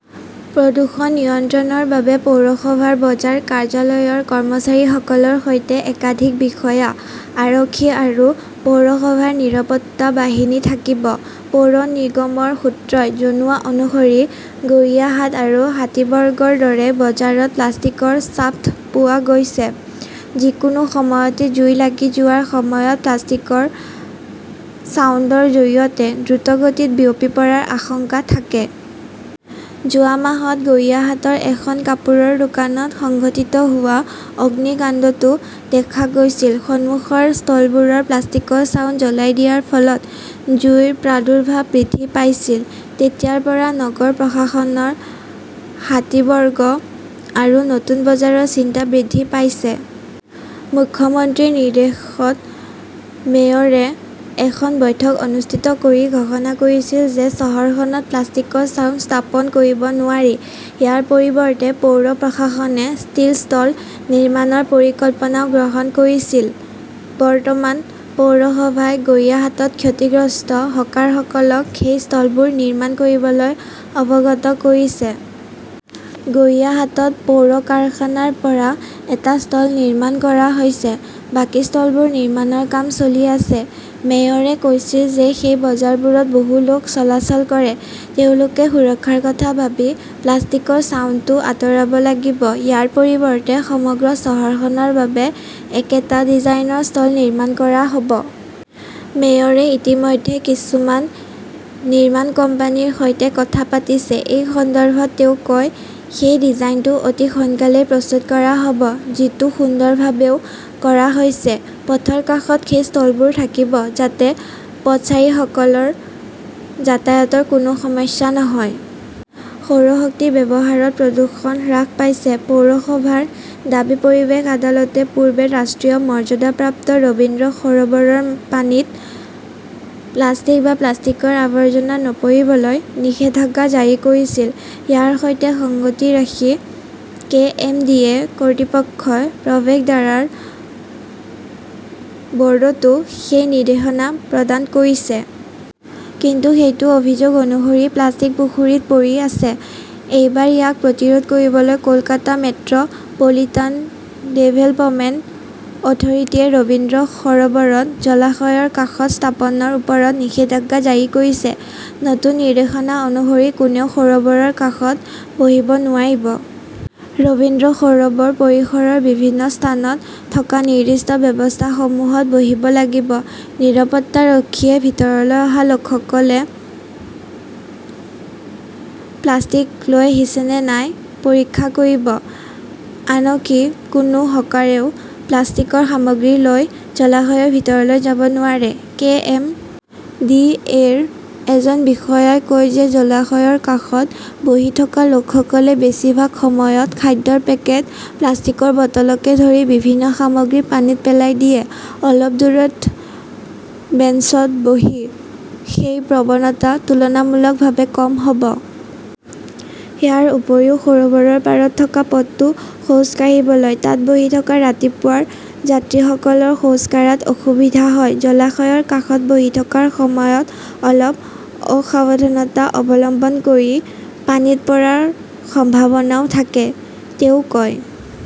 প্ৰদুষন নিয়ন্ত্ৰণ ৰ বাবে পৌৰসভাৰ বজাৰ কাৰ্যালয়ৰ কৰ্মচাৰীসকলৰ সৈতে একাধিক বিষয়া, আৰক্ষী আৰু পৌৰসভাৰ নিৰাপত্তা বাহিনী থাকিব। পৌৰ নিগমৰ সূত্ৰই জনোৱা অনুসৰি গড়িয়াহাট আৰু হাতীবৰ্গৰ দৰে বজাৰত প্লাষ্টিকৰ ছাফ্ট পোৱা গৈছে। যিকোনো সময়তে জুই লাগি যোৱাৰ সময়ত প্লাষ্টিকৰ ছাউণ্ডৰ জৰিয়তে দ্ৰুতগতিত বিয়পি পৰাৰ আশংকা থাকে। যোৱা মাহত গড়িয়াহাটৰ এখন কাপোৰৰ দোকানত সংঘটিত হোৱা অগ্নিকাণ্ডতো দেখা গৈছিল, সন্মুখৰ ষ্টলবোৰৰ প্লাষ্টিকৰ ছাউণ্ড জ্বলাই দিয়াৰ ফলত জুইৰ প্ৰাদুৰ্ভাৱ বৃদ্ধি পাইছিল। তেতিয়াৰ পৰা নগৰ প্ৰশাসনৰ হাতীবৰ্গ আৰু নতুন বজাৰৰ চিন্তা বৃদ্ধি পাইছে। মুখ্যমন্ত্ৰীৰ নিৰ্দেশত মেয়ৰে এখন বৈঠক অনুষ্ঠিত কৰি ঘোষণা কৰিছিল যে চহৰখনত প্লাষ্টিকৰ ছাউণ্ড স্থাপন কৰিব নোৱাৰি। ইয়াৰ পৰিৱৰ্তে পৌৰ প্ৰশাসনে ষ্টীল ষ্টল নিৰ্মাণৰ পৰিকল্পনাও গ্ৰহণ কৰিছিল। বৰ্তমান, পৌৰসভাই গৰিয়াহাটত ক্ষতিগ্ৰস্ত হকাৰসকলক সেই ষ্টলবোৰ নিৰ্মাণ কৰিবলৈ অৱগত কৰিছে। গড়িয়াহাটত পৌৰ কাৰখানাৰ পৰা এটা ষ্টল নিৰ্মাণ কৰা হৈছে। বাকী ষ্টলবোৰ নিৰ্মাণৰ কাম চলি আছে। মেয়ৰে কৈছিল যে সেই বজাৰবোৰত বহু লোক চলাচল কৰে। তেওঁলোকে সুৰক্ষাৰ কথা ভাবি প্লাষ্টিকৰ ছাউণ্ডটো আঁতৰাব লাগিব। ইয়াৰ পৰিৱৰ্তে সমগ্ৰ চহৰখনৰ বাবে একেটা ডিজাইনৰ ষ্টল নিৰ্মাণ কৰা হ'ব। মেয়ৰে ইতিমধ্যে কিছুমান নিৰ্মাণ কোম্পানীৰ সৈতে কথা পাতিছে। এই সন্দৰ্ভত তেওঁ কয়, "সেই ডিজাইনটো অতি সোনকালেই প্ৰস্তুত কৰা হ'ব। যিটো সুন্দৰভাৱেও কৰা হৈছে। পথৰ কাষত সেই ষ্টলবোৰ থাকিব যাতে পথচাৰীসকলৰ যাতায়াতৰ কোনো সমস্যা নহয়। সৌৰ শক্তি ব্যৱহাৰত প্ৰদূষণ হ্ৰাস পাইছে, পৌৰসভাৰ দাবী পৰিৱেশ আদালতে পূৰ্বে ৰাষ্ট্ৰীয় মৰ্যাদাপ্ৰাপ্ত ৰবীন্দ্ৰ সৰোবৰৰ পানীত প্লাষ্টিক বা প্লাষ্টিকৰ আৱৰ্জনা নপৰিবলৈ নিষেধাজ্ঞা জাৰি কৰিছিল। ইয়াৰ সৈতে সংগতি ৰাখি, কে. এম. ডি. এ. কৰ্তৃপক্ষই প্ৰৱেশদ্বাৰৰ বোৰ্ডতো সেই নিৰ্দেশনা প্ৰদান কৰিছে। কিন্তু সেইটো অভিযোগ অনুসৰি প্লাষ্টিক পুখুৰীত পৰি আছে। এইবাৰ ইয়াক প্ৰতিৰোধ কৰিবলৈ কলকাতা মেট্ৰ 'পলিটান ডেভেলপমেণ্ট অথৰিটিয়ে ৰবীন্দ্ৰ সৰোবৰত জলাশয়ৰ কাষত স্থাপনৰ ওপৰত নিষেধাজ্ঞা জাৰি কৰিছে। নতুন নিৰ্দেশনা অনুসৰি, কোনেও সৰোবৰৰ কাষত বহিব নোৱাৰিব। ৰবীন্দ্ৰ সৰোবৰ পৰিসৰৰ বিভিন্ন স্থানত থকা নিৰ্দিষ্ট ব্যৱস্থাসমূহত বহিব লাগিব। নিৰাপত্তাৰক্ষীয়ে ভিতৰলৈ অহা লোকসকলে প্লাষ্টিক লৈ আহিছে নে নাই পৰীক্ষা কৰিব। আনকি কোনো হকাৰেও প্লাষ্টিকৰ সামগ্ৰী লৈ জলাশয়ৰ ভিতৰলৈ যাব নোৱাৰে। কে. এম. ডি. এ. -ৰ এজন বিষয়াই কয় যে, জলাশয়ৰ কাষত বহি থকা লোকসকলে বেছিভাগ সময়ত খাদ্যৰ পেকেট, প্লাষ্টিকৰ বটলকে ধৰি বিভিন্ন সামগ্ৰী পানীত পেলাই দিয়ে। অলপ দূৰৈত বেঞ্চত বহি সেই প্ৰৱণতা তুলনামূলকভাৱে কম হ 'ব। ইয়াৰ উপৰিও, সৰোবৰৰ পাৰত থকা পথটো খোজ কাঢ়িবলৈ। তাত বহি থকা ৰাতিপুৱাৰ যাত্ৰীসকলৰ খোজ কাঢ়াত অসুবিধা হয়। জলাশয়ৰ কাষত বহি থকাৰ সময়ত অলপ অসাৱধানতা অৱলম্বন কৰি পানীত পৰাৰ সম্ভাৱনাও থাকে, তেওঁ কয়।